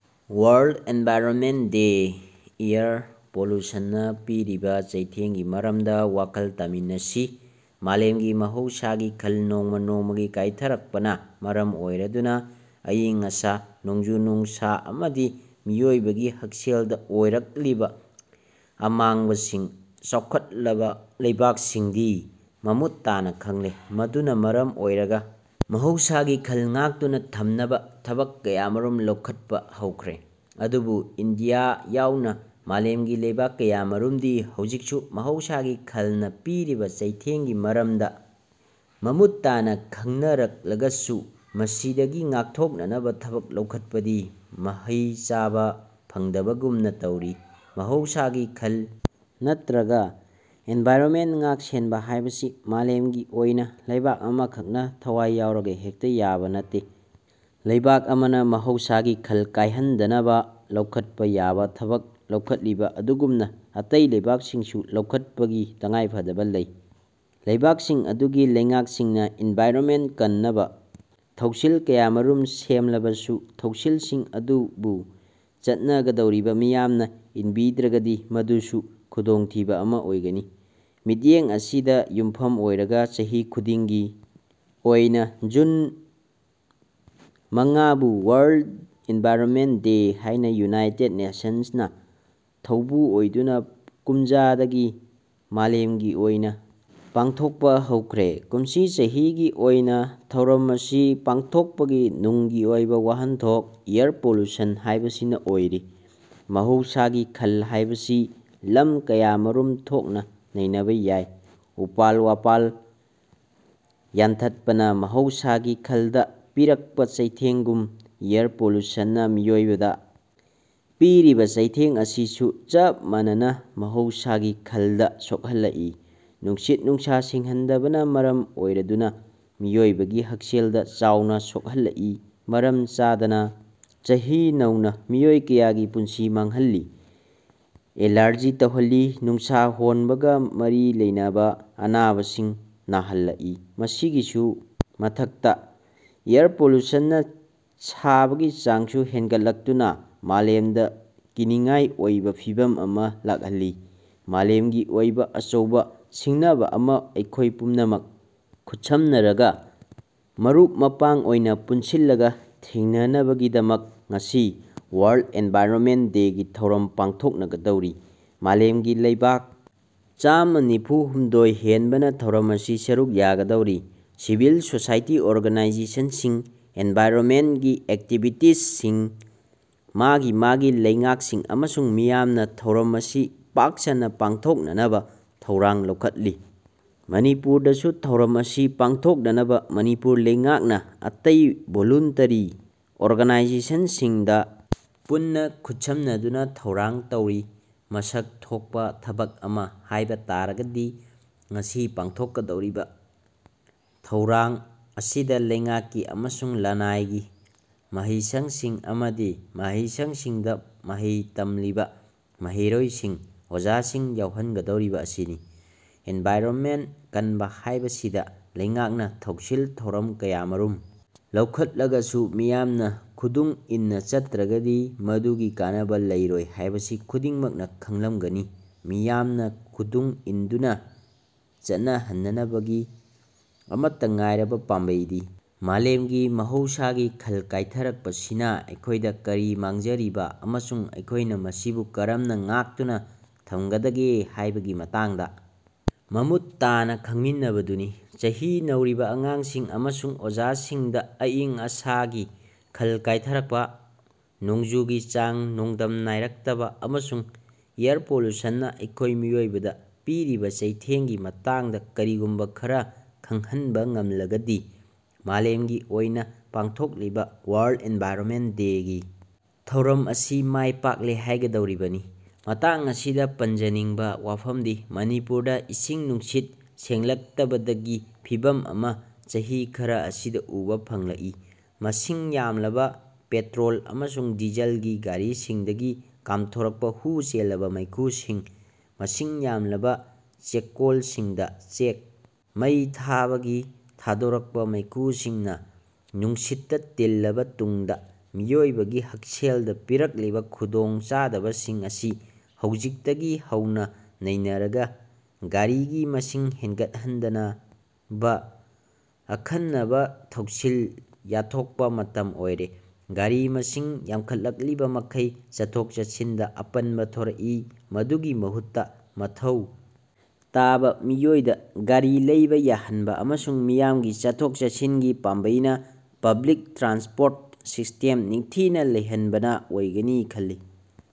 World environment day year ꯄꯣꯂꯨꯁꯟꯅ ꯄꯤꯔꯤꯕ ꯆꯩꯊꯦꯡꯒꯤ ꯃꯔꯝꯗ ꯋꯥꯈꯜ ꯇꯥꯃꯤꯟꯅꯁꯤ ꯃꯥꯂꯦꯝꯒꯤ ꯃꯍꯧꯁꯥꯒꯤ ꯈꯜ ꯅꯣꯡꯃ ꯅꯣꯡꯃꯒꯤ ꯀꯥꯏꯊꯔꯛꯄꯅ ꯃꯔꯝ ꯑꯣꯏꯔꯗꯨꯅ ꯑꯏꯪ-ꯑꯁꯥ, ꯅꯣꯡꯖꯨ-ꯅꯨꯡꯁꯥ ꯑꯃꯗꯤ ꯃꯤꯑꯣꯏꯕꯒꯤ ꯍꯛꯁꯦꯜꯗ ꯑꯣꯏꯔꯛꯂꯤꯕ ꯑꯃꯥꯡꯕꯁꯤꯡ ꯆꯥꯎꯈꯠꯂꯕ ꯂꯩꯕꯥꯛꯁꯤꯡꯗꯤ ꯃꯃꯨꯠ ꯇꯥꯅ ꯈꯪꯂꯦ꯫ ꯃꯗꯨꯅ ꯃꯔꯝ ꯑꯣꯏꯔꯒ ꯃꯍꯧꯁꯥꯒꯤ ꯈꯜ ꯉꯥꯛꯇꯨꯅ ꯊꯝꯅꯕ ꯊꯕꯛ ꯀꯌꯥꯃꯔꯨꯝ ꯂꯧꯈꯠꯄ ꯍꯧꯈ꯭ꯔꯦ꯫ ꯑꯗꯨꯕꯨ ꯏꯟꯗꯤꯌꯥ ꯌꯥꯎꯅ ꯃꯥꯂꯦꯝꯒꯤ ꯂꯩꯕꯥꯛ ꯀꯌꯥꯃꯔꯨꯝꯗꯤ ꯍꯧꯖꯤꯛꯁꯨ ꯃꯍꯧꯁꯥꯒꯤ ꯈꯜꯅ ꯄꯤꯔꯤꯕ ꯆꯩꯊꯦꯡꯒꯤ ꯃꯔꯝꯗ ꯃꯃꯨꯠ ꯇꯥꯅ ꯈꯪꯅꯔꯛꯂꯒꯁꯨ ꯃꯁꯤꯗꯒꯤ ꯉꯥꯛꯊꯣꯛꯅꯅꯕ ꯊꯕꯛ ꯂꯧꯈꯠꯄꯗꯤ ꯃꯍꯩ ꯆꯥꯕ ꯐꯪꯗꯕꯒꯨꯝꯅ ꯇꯧꯔꯤ꯫ ꯃꯍꯧꯁꯥꯒꯤ ꯈꯜ ꯅꯠꯇ꯭ꯔꯒ ꯏꯟꯚꯥꯏꯔꯣꯟꯃꯦꯟꯠ ꯉꯥꯛ-ꯁꯦꯟꯕ ꯍꯥꯏꯕꯁꯤ ꯃꯥꯂꯦꯝꯒꯤ ꯑꯣꯏꯅ ꯂꯩꯕꯥꯛ ꯑꯃꯈꯛꯅ ꯊꯋꯥꯏ ꯌꯥꯎꯔꯒ ꯍꯦꯛꯇ ꯌꯥꯕ ꯅꯠꯇꯦ꯫ ꯂꯩꯕꯥꯛ ꯑꯃꯅ ꯃꯍꯧꯁꯥꯒꯤ ꯈꯜ ꯀꯥꯏꯍꯟꯗꯅꯕ ꯂꯧꯈꯠꯄ ꯌꯥꯕ ꯊꯕꯛ ꯂꯧꯈꯠꯂꯤꯕ ꯑꯗꯨꯒꯨꯝꯅ ꯑꯇꯩ ꯂꯩꯕꯥꯛꯁꯤꯡꯁꯨ ꯂꯧꯈꯠꯄꯒꯤ ꯇꯉꯥꯏꯐꯗꯕ ꯂꯩ꯫ ꯂꯩꯕꯥꯛꯁꯤꯡ ꯑꯗꯨꯒꯤ ꯂꯩꯉꯥꯛꯁꯤꯡꯅ ꯏꯟꯚꯥꯏꯔꯣꯟꯃꯦꯟꯠ ꯀꯟꯅꯕ ꯊꯧꯁꯤꯜ ꯀꯌꯥꯃꯔꯨꯝ ꯁꯦꯝꯂꯕꯁꯨ ꯊꯧꯁꯤꯜꯁꯤꯡ ꯑꯗꯨꯕꯨ ꯆꯠꯅꯒꯗꯧꯔꯤꯕ ꯃꯤꯌꯥꯝꯅ ꯏꯟꯕꯤꯗ꯭ꯔꯒꯗꯤ ꯃꯗꯨꯁꯨ ꯈꯨꯗꯣꯡꯊꯤꯕ ꯑꯃ ꯑꯣꯏꯒꯅꯤ꯫ ꯃꯤꯠꯌꯦꯡ ꯑꯁꯤꯗ ꯌꯨꯝꯐꯝ ꯑꯣꯏꯔꯒ ꯆꯍꯤ ꯈꯨꯗꯤꯡꯒꯤ ꯑꯣꯏꯅ ꯖꯨꯟ ꯃꯥꯪꯉꯥꯕꯨ ꯋꯥꯔꯜꯗ ꯏꯟꯚꯥꯏꯔꯣꯟꯃꯦꯟꯠ ꯗꯦ ꯍꯥꯏꯅ ꯌꯨꯅꯥꯏꯇꯦꯗ ꯅꯦꯁꯟꯁꯅ ꯊꯧꯕꯨ ꯑꯣꯏꯗꯨꯅ ꯀꯨꯝꯖꯥ ꯗꯒꯤ ꯃꯥꯂꯦꯝꯒꯤ ꯑꯣꯏꯅ ꯄꯥꯡꯊꯣꯛꯄ ꯍꯧꯈ꯭ꯔꯦ꯫ ꯀꯨꯝꯁꯤ ꯆꯍꯤ ꯒꯤ ꯑꯣꯏꯅ ꯊꯧꯔꯝ ꯑꯁꯤ ꯄꯥꯡꯊꯣꯛꯄꯒꯤ ꯅꯨꯡꯒꯤ ꯑꯣꯏꯕ ꯋꯥꯍꯟꯊꯣꯛ ꯏꯌꯥꯔ ꯄꯣꯂꯨꯁꯟ ꯍꯥꯏꯕꯁꯤꯅ ꯑꯣꯏꯔꯤ꯫ ꯃꯍꯧꯁꯥꯒꯤ ꯈꯜ ꯍꯥꯏꯕꯁꯤ ꯂꯝ ꯀꯌꯥꯃꯔꯨꯝ ꯊꯣꯛꯅ ꯅꯩꯅꯕ ꯌꯥꯏ꯫ ꯎꯄꯥꯜ-ꯋꯥꯄꯥꯜ ꯌꯥꯟꯊꯠꯄꯅ ꯃꯍꯧꯁꯥꯒꯤ ꯈꯜꯗ ꯄꯤꯔꯛꯄ ꯆꯩꯊꯦꯡꯒꯨꯝ ꯏꯌꯥꯔ ꯄꯣꯂꯨꯁꯟꯅ ꯃꯤꯑꯣꯏꯕꯗ ꯄꯤꯔꯤꯕ ꯆꯩꯊꯦꯡ ꯑꯁꯤꯁꯨ ꯆꯞ ꯃꯥꯟꯅꯅ ꯃꯍꯧꯁꯥꯒꯤ ꯈꯜꯗ ꯁꯣꯛꯍꯜꯂꯛꯏ꯫ ꯅꯨꯡꯁꯤꯠ-ꯅꯨꯡꯁꯥ ꯁꯦꯡꯍꯟꯗꯕꯅ ꯃꯔꯝ ꯑꯣꯏꯔꯗꯨꯅ ꯃꯤꯑꯣꯏꯕꯒꯤ ꯍꯛꯁꯦꯜꯗ ꯆꯥꯎꯅ ꯁꯣꯛꯍꯜꯂꯛꯏ꯫ ꯃꯔꯝ ꯆꯥꯗꯅ ꯆꯍꯤ ꯅꯧꯅ ꯃꯤꯑꯣꯏ ꯀꯌꯥꯒꯤ ꯄꯨꯟꯁꯤ ꯃꯥꯡꯍꯜꯂꯤ꯫ ꯑꯦꯂꯥꯔꯖꯤ ꯇꯧꯍꯜꯂꯤ, ꯅꯤꯡꯁꯥ ꯍꯣꯟꯕꯒ ꯃꯔꯤ ꯂꯩꯅꯕ ꯑꯅꯥꯕꯁꯤꯡ ꯅꯥꯍꯜꯂꯛꯏ꯫ ꯃꯁꯤꯒꯤꯁꯨ ꯃꯊꯛꯇ ꯏꯌꯥꯔ ꯄꯣꯂꯨꯁꯟꯅ ꯁꯥꯕꯒꯤ ꯆꯥꯡꯁꯨ ꯍꯦꯟꯒꯠꯂꯛꯇꯨꯅ ꯃꯥꯂꯦꯝꯗ ꯀꯤꯅꯤꯡꯉꯥꯏ ꯑꯣꯏꯕ ꯐꯤꯚꯝ ꯑꯃ ꯂꯥꯛꯍꯜꯂꯤ꯫ ꯃꯥꯂꯦꯝꯒꯤ ꯑꯣꯏꯕ ꯑꯆꯧꯕ ꯁꯤꯡꯅꯕ ꯑꯃ ꯑꯩꯈꯣꯏ ꯄꯨꯝꯅꯃꯛ ꯈꯨꯠꯁꯝꯅꯔꯒ, ꯃꯔꯨꯞ ꯃꯄꯥꯡ ꯑꯣꯏꯅ ꯄꯨꯟꯁꯤꯜꯂꯒ ꯊꯦꯡꯅꯅꯕꯒꯤꯗꯃꯛ ꯉꯁꯤ ꯋꯥꯔꯜꯗ ꯏꯟꯚꯥꯏꯔꯣꯟꯃꯦꯟꯠ ꯗꯦꯒꯤ ꯊꯧꯔꯝ ꯄꯥꯡꯊꯣꯛꯅꯒꯗꯧꯔꯤ꯫ ꯃꯥꯂꯦꯝꯒꯤ ꯂꯩꯕꯥꯛ ꯆꯥꯃꯥ ꯅꯤꯐꯨ ꯍꯨꯝꯗꯣꯏ ꯍꯦꯟꯕꯅ ꯊꯧꯔꯝ ꯑꯁꯤ ꯁꯔꯨꯛ ꯌꯥꯒꯗꯧꯔꯤ꯫ ꯁꯤꯚꯤꯜ ꯁꯣꯁꯥꯏꯇꯤ ꯑꯣꯔꯒꯅꯥꯏꯖꯦꯁꯟꯁꯤꯡ, ꯏꯟꯚꯥꯏꯔꯣꯟꯃꯦꯟꯠꯒꯤ ꯑꯦꯛꯇꯤꯚꯤꯁꯠꯁꯤꯡ, ꯃꯥꯒꯤ ꯃꯥꯒꯤ ꯂꯩꯉꯥꯛꯁꯤꯡ ꯑꯃꯁꯨꯡ ꯃꯤꯌꯥꯝꯅ ꯊꯧꯔꯝ ꯑꯁꯤ ꯄꯥꯛꯁꯟꯅ ꯄꯥꯡꯊꯣꯛꯅꯅꯕ ꯊꯧꯔꯥꯡ ꯂꯧꯈꯠꯂꯤ꯫ ꯃꯅꯤꯄꯨꯔꯗꯁꯨ ꯊꯧꯔꯝ ꯑꯁꯤ ꯄꯥꯡꯊꯣꯛꯅꯅꯕ ꯃꯅꯤꯄꯨꯔ ꯂꯩꯉꯥꯛꯅ ꯑꯇꯩ ꯚꯣꯂꯨꯟꯇꯔꯤ ꯑꯣꯔꯒꯅꯥꯏꯖꯦꯁꯟꯁꯤꯡꯗ ꯄꯨꯟꯅ ꯈꯨꯠꯁꯝꯅꯗꯨꯅ ꯊꯧꯔꯥꯡ ꯇꯧꯔꯤ꯫ ꯃꯁꯛ ꯊꯣꯛꯄ ꯊꯕꯛ ꯑꯃ ꯍꯥꯏꯕ ꯇꯥꯔꯒꯗꯤ ꯉꯁꯤ ꯄꯥꯡꯊꯣꯛꯀꯗꯧꯔꯤꯕ ꯊꯧꯔꯝ ꯑꯁꯤꯗ ꯂꯩꯉꯥꯛꯀꯤ ꯑꯃꯁꯨꯡ ꯂꯟꯅꯥꯏꯒꯤ ꯃꯍꯩꯁꯪꯁꯤꯡ ꯑꯃꯗꯤ ꯃꯍꯩꯁꯪꯁꯤꯡꯗ ꯃꯍꯩ ꯇꯝꯂꯤꯕ ꯃꯍꯩꯔꯣꯏꯁꯤꯡ, ꯑꯣꯖꯥꯁꯤꯡ ꯌꯥꯎꯍꯟꯒꯗꯧꯔꯤꯕ ꯑꯁꯤꯅꯤ꯫ ꯏꯟꯚꯥꯏꯔꯣꯟꯃꯦꯟꯠ ꯀꯟꯕ ꯍꯥꯏꯕꯁꯤꯗ ꯂꯩꯉꯥꯛꯅ ꯊꯧꯁꯤꯜ ꯊꯧꯔꯥꯡ ꯀꯌꯥꯃꯔꯨꯝ ꯂꯧꯈꯠꯂꯒꯁꯨ ꯃꯤꯌꯥꯝꯅ ꯈꯨꯗꯨꯡ ꯏꯟꯅ ꯆꯠꯇ꯭ꯔꯒꯗꯤ ꯃꯗꯨꯒꯤ ꯀꯥꯟꯅꯕ ꯂꯩꯔꯣꯏ ꯍꯥꯏꯕꯁꯤ ꯈꯨꯗꯤꯡꯃꯛꯅ ꯈꯪꯂꯝꯒꯅꯤ꯫ ꯃꯤꯌꯥꯝꯅ ꯈꯨꯗꯨꯡ ꯏꯟꯗꯨꯅ ꯆꯠꯅꯍꯟꯅꯅꯕꯒꯤ ꯑꯃꯠꯇ ꯉꯥꯏꯔꯕ ꯄꯥꯝꯕꯩꯗꯤ ꯃꯥꯂꯦꯝꯒꯤ ꯃꯍꯧꯁꯥꯒꯤ ꯈꯜ ꯀꯥꯏꯊꯔꯛꯄꯁꯤꯅ ꯑꯩꯈꯣꯏꯗ ꯀꯔꯤ ꯃꯥꯡꯖꯔꯤꯕ ꯑꯃꯁꯨꯡ ꯑꯩꯈꯣꯏꯅ ꯃꯁꯤꯕꯨ ꯀꯔꯝꯅ ꯉꯥꯛꯇꯨꯅ ꯊꯝꯒꯗꯒꯦ ꯍꯥꯏꯕꯒꯤ ꯃꯇꯥꯡꯗ ꯃꯃꯨꯠ ꯇꯥꯅ ꯈꯪꯃꯤꯟꯅꯕꯗꯨꯅꯤ꯫ ꯆꯍꯤ ꯅꯧꯔꯤꯕ ꯑꯉꯥꯡꯁꯤꯡ ꯑꯃꯁꯨꯡ ꯑꯣꯖꯥꯁꯤꯡꯗ ꯑꯏꯪ-ꯑꯁꯥꯒꯤ ꯈꯜ ꯀꯥꯏꯊꯔꯛꯄ, ꯅꯣꯡꯖꯨꯒꯤ ꯆꯥꯡ ꯅꯣꯡꯗꯝ ꯅꯥꯏꯔꯛꯇꯕ ꯑꯃꯁꯨꯡ ꯏꯌꯥꯔ ꯄꯣꯂꯨꯁꯟꯅ ꯑꯩꯈꯣꯏ ꯃꯤꯑꯣꯏꯕꯗ ꯄꯤꯔꯤꯕ ꯆꯩꯊꯦꯡꯒꯤ ꯃꯇꯥꯡꯗ ꯀꯔꯤꯒꯨꯝꯕ ꯈꯔ ꯈꯪꯍꯟꯕ ꯉꯝꯂꯒꯗꯤ ꯃꯥꯂꯦꯝꯒꯤ ꯑꯣꯏꯅ ꯄꯥꯡꯊꯣꯛꯂꯤꯕ ꯋꯥꯔꯜꯗ ꯏꯟꯚꯥꯏꯔꯣꯟꯃꯦꯟꯠ ꯗꯦꯒꯤ ꯊꯧꯔꯝ ꯑꯁꯤ ꯃꯥꯏ ꯄꯥꯛꯂꯦ ꯍꯥꯏꯒꯗꯧꯔꯤꯕꯅꯤ꯫ ꯃꯇꯥꯡ ꯑꯁꯤꯗ ꯄꯟꯖꯅꯤꯡꯕ ꯋꯥꯐꯝꯗꯤ ꯃꯅꯤꯄꯨꯔꯗ ꯏꯁꯤꯡ-ꯅꯨꯡꯁꯤꯠ ꯁꯦꯡꯂꯛꯇꯕꯗꯒꯤ ꯐꯤꯚꯝ ꯑꯃ ꯆꯍꯤ ꯈꯔ ꯑꯁꯤꯗ ꯎꯕ ꯐꯪꯂꯛꯏ꯫ ꯃꯁꯤꯡ ꯌꯥꯝꯂꯕ ꯄꯦꯇ꯭ꯔꯣꯜ ꯑꯃꯁꯨꯡ ꯗꯤꯖꯜꯒꯤ ꯒꯥꯔꯤꯁꯤꯡꯗꯒꯤ ꯀꯥꯝꯊꯣꯔꯛꯄ ꯍꯨ ꯆꯦꯜꯂꯕ ꯃꯩꯈꯨꯁꯤꯡ, ꯃꯁꯤꯡ ꯌꯥꯝꯂꯕ ꯆꯦꯛꯀꯣꯜꯁꯤꯡꯗ ꯆꯦꯛ ꯃꯩ ꯊꯥꯕꯒꯤ ꯊꯥꯗꯣꯔꯛꯄ ꯃꯩꯈꯨꯁꯤꯡꯅ ꯅꯨꯡꯁꯤꯠꯇ ꯇꯤꯜꯂꯕ ꯇꯨꯡꯗ ꯃꯤꯑꯣꯏꯕꯒꯤ ꯍꯛꯁꯦꯜꯗ ꯄꯤꯔꯛꯂꯤꯕ ꯈꯨꯗꯣꯡꯆꯥꯗꯕꯁꯤꯡ ꯑꯁꯤ ꯍꯧꯖꯤꯛꯇꯒꯤ ꯍꯧꯅ ꯅꯩꯅꯔꯒ ꯒꯥꯔꯤꯒꯤ ꯃꯁꯤꯡ ꯍꯦꯟꯒꯠꯍꯟꯗꯅꯕ ꯑꯈꯟꯅꯕ ꯊꯧꯁꯤꯜ ꯌꯥꯠꯊꯣꯛꯄ ꯃꯇꯝ ꯑꯣꯏꯔꯦ꯫ ꯒꯥꯔꯤ ꯃꯁꯤꯡ ꯌꯥꯝꯈꯠꯂꯛꯂꯤꯕ ꯃꯈꯩ ꯆꯠꯊꯣꯛ-ꯆꯠꯁꯤꯟꯗ ꯑꯄꯟꯕ ꯊꯣꯔꯛꯏ꯫ ꯃꯗꯨꯒꯤ ꯃꯍꯨꯠꯇ ꯃꯊꯧ ꯇꯥꯕ ꯃꯤꯑꯣꯏꯗ ꯒꯥꯔꯤ ꯂꯩꯕ ꯌꯥꯍꯟꯕ ꯑꯃꯁꯨꯡ ꯃꯤꯌꯥꯝꯒꯤ ꯆꯠꯊꯣꯛ-ꯆꯠꯁꯤꯟꯒꯤ ꯄꯥꯝꯕꯩꯅ ꯄꯕ꯭ꯂꯤꯛ ꯇ꯭ꯔꯥꯟꯁꯄꯣꯔꯠ ꯁꯤꯁꯇꯦꯝ ꯅꯤꯡꯊꯤꯅ ꯂꯩꯍꯟꯕꯅ ꯑꯣꯏꯒꯅꯤ ꯈꯜꯂꯤ꯫